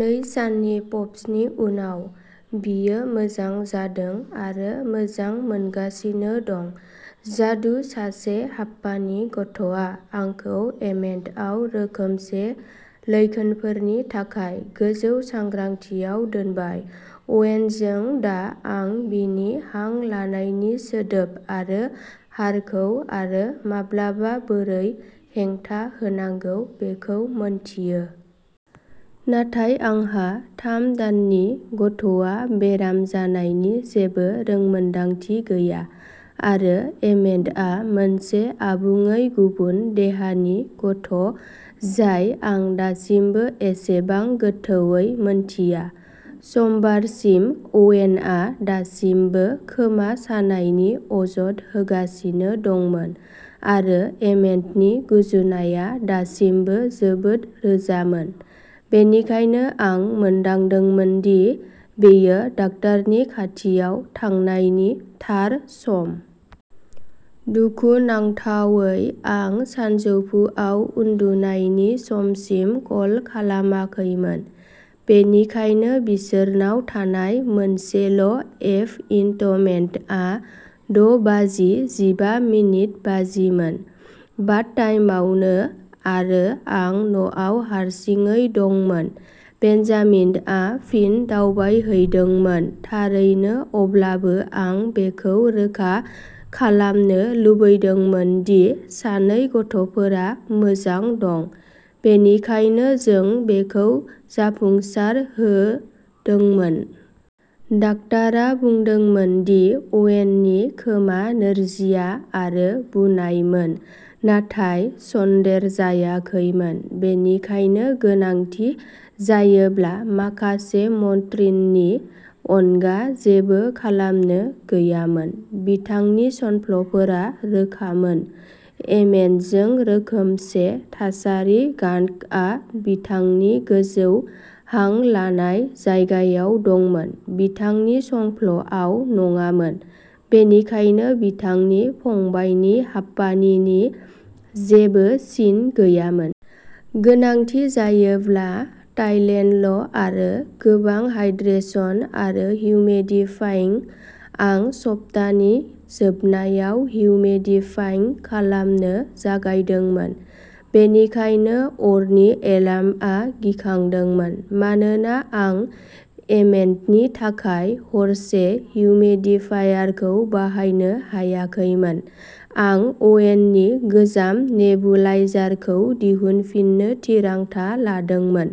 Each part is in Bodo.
नै साननि "पफ्स" नि उनाव, बियो मोजां जादों आरो मोजां मोनगासिनो दं। जादु! सासे हापानि गथ'आ आंखौ एमेटआव रोखोमसे लैखोनफोरनि थाखाय गोजौ सांग्रांथिआव दोनबाय। अवेनजों, दा आं बिनि हां लानायनि सोदोब आरो हारखौ आरो माब्लाबा बोरै हेंथा होनांगौ बेखौ मोन्थियो। नाथाय आंहा थाम दाननि गथ'आ बेराम जानायनि जेबो रोंमोनदांथि गैया, आरो एमेटआ मोनसे आबुङै गुबुन देहानि गथ' जाय आं दासिमबो एसेबां गोथौवै मोन्थिया। समबारसिम अवेनआ दासिमबो खोमा सानायनि अजद होगासिनो दंमोन आरो एमेटनि गुजुनाया दासिमबो जोबोद रोजामोन, बेनिखायनो आं मोनदांदोंमोन दि बेयो डाक्टारनि खाथियाव थांनायनि थार सम। दुखुनांथावै आं सानजौफुआव उन्दुनायनि समसिम कल खालामाखैमोन, बेनिखायनो बिसोरनाव थानाय मोनसेल' एप इन्ट'मेन्टआ द' बाजि जिबा मिनिट बाजिमोन। बाथटाइमावनो आरो आं न'आव हारसिङै दंमोन। बेन्जामिनआ फिन दावबायहैदोंमोन। थारैनो अब्लाबो, आं बेखौ रोखा खालामनो लुबैदोंमोन दि सानै गथ'फोरा मोजां दं, बेनिखायनो जों बेखौ जाफुंसारहोदोंमोन। डाक्टरा बुंदोंमोन दि अवेननि खोमा नोरजिया आरो बुनायमोन नाथाय सन्देरजायाखैमोन, बेनिखायनो गोनांथि जायोब्ला माखासे मट्रिननि अनगा जेबो खालामनो गैयामोन। बिथांनि संफ्ल'फोरा रोखामोन। एमेनजों रोखोमसे थासारि गान्कआ बिथांनि गोजौ हां लानाय जायगायाव दंमोन, बिथांनि संफ्ल'आव नङामोन, बेनिखायनो बिथांनि फंबायनि हापानिनि जेबो सिन गैयामोन। गोनांथि जायोब्ला टाइलेन'ल आरो गोबां हाइड्रेशन आरो हिउमिडिफाइं। आं सप्तानि जोबनायाव हिउमिडिफाइं खालामनो जागायदोंमोन, बेनिखायनो अरनि एलार्मआ गिखांदोंमोन। मानोना आं एमेन्टनि थाखाय हरसे हिउमिडिफायारखौ बाहायनो हायाखैमोन, आं अवेननि गोजाम नेबुलाइजारखौ दिहुनफिननो थिरांथा लादोंमोन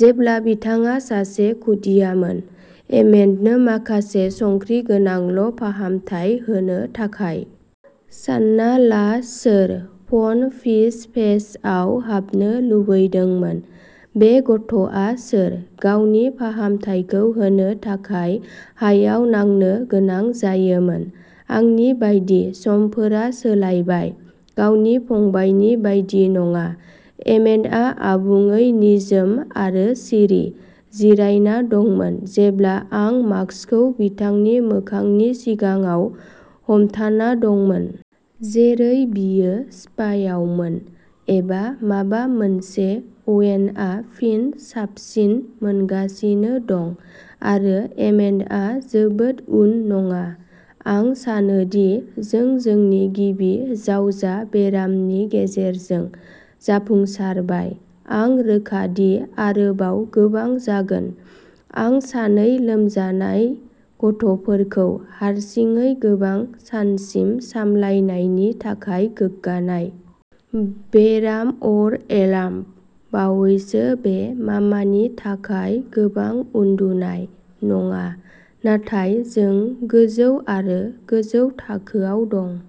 जेब्ला बिथाङा सासे खुदियामोन एमेन्टनो माखासे संख्रि गोनांल' फाहामथाय होनो थाखाय। सान्ना ला सोर "फन फिश फेस" आव हाबनो लुबैदोंमोन? बे गथ'आ सोर? गावनि फाहामथायखौ होनो थाखाय हायाव नांनो गोनां जायोमोन। आंनि बायदि समफोरा सोलायबाय। गावनि फंबायनि बायदि नङा, एमेन्टआ आबुङै निजोम आरो सिरि जिरायना दंमोन जेब्ला आं माक्सखौ बिथांनि मोखांनि सिगाङाव हमथाना दंमोन। जेरै बियो स्पायावमोन एबा माबा मोनसे। अवेनआ फिन साबसिन मोनगासिनो दं आरो एमेन्टआ जोबोद उन नङा। आं सानोदि जों जोंनि गिबि जावजा बेरामनि गेजेरजों जाफुंसारबाय। आं रोखा दि आरोबाव गोबां जागोन, आं सानै लोमजानाय गथ'फोरखौ हारसिङै गोबां सानसिम सामलायनायनि थाखाय गोग्गानाय। बेराम अर एलार्म बावैसो बे मामानि थाखाय गोबां उन्दुनाय नङा, नाथाय जों गोजौ आरो गोजौ थाखोआव दं।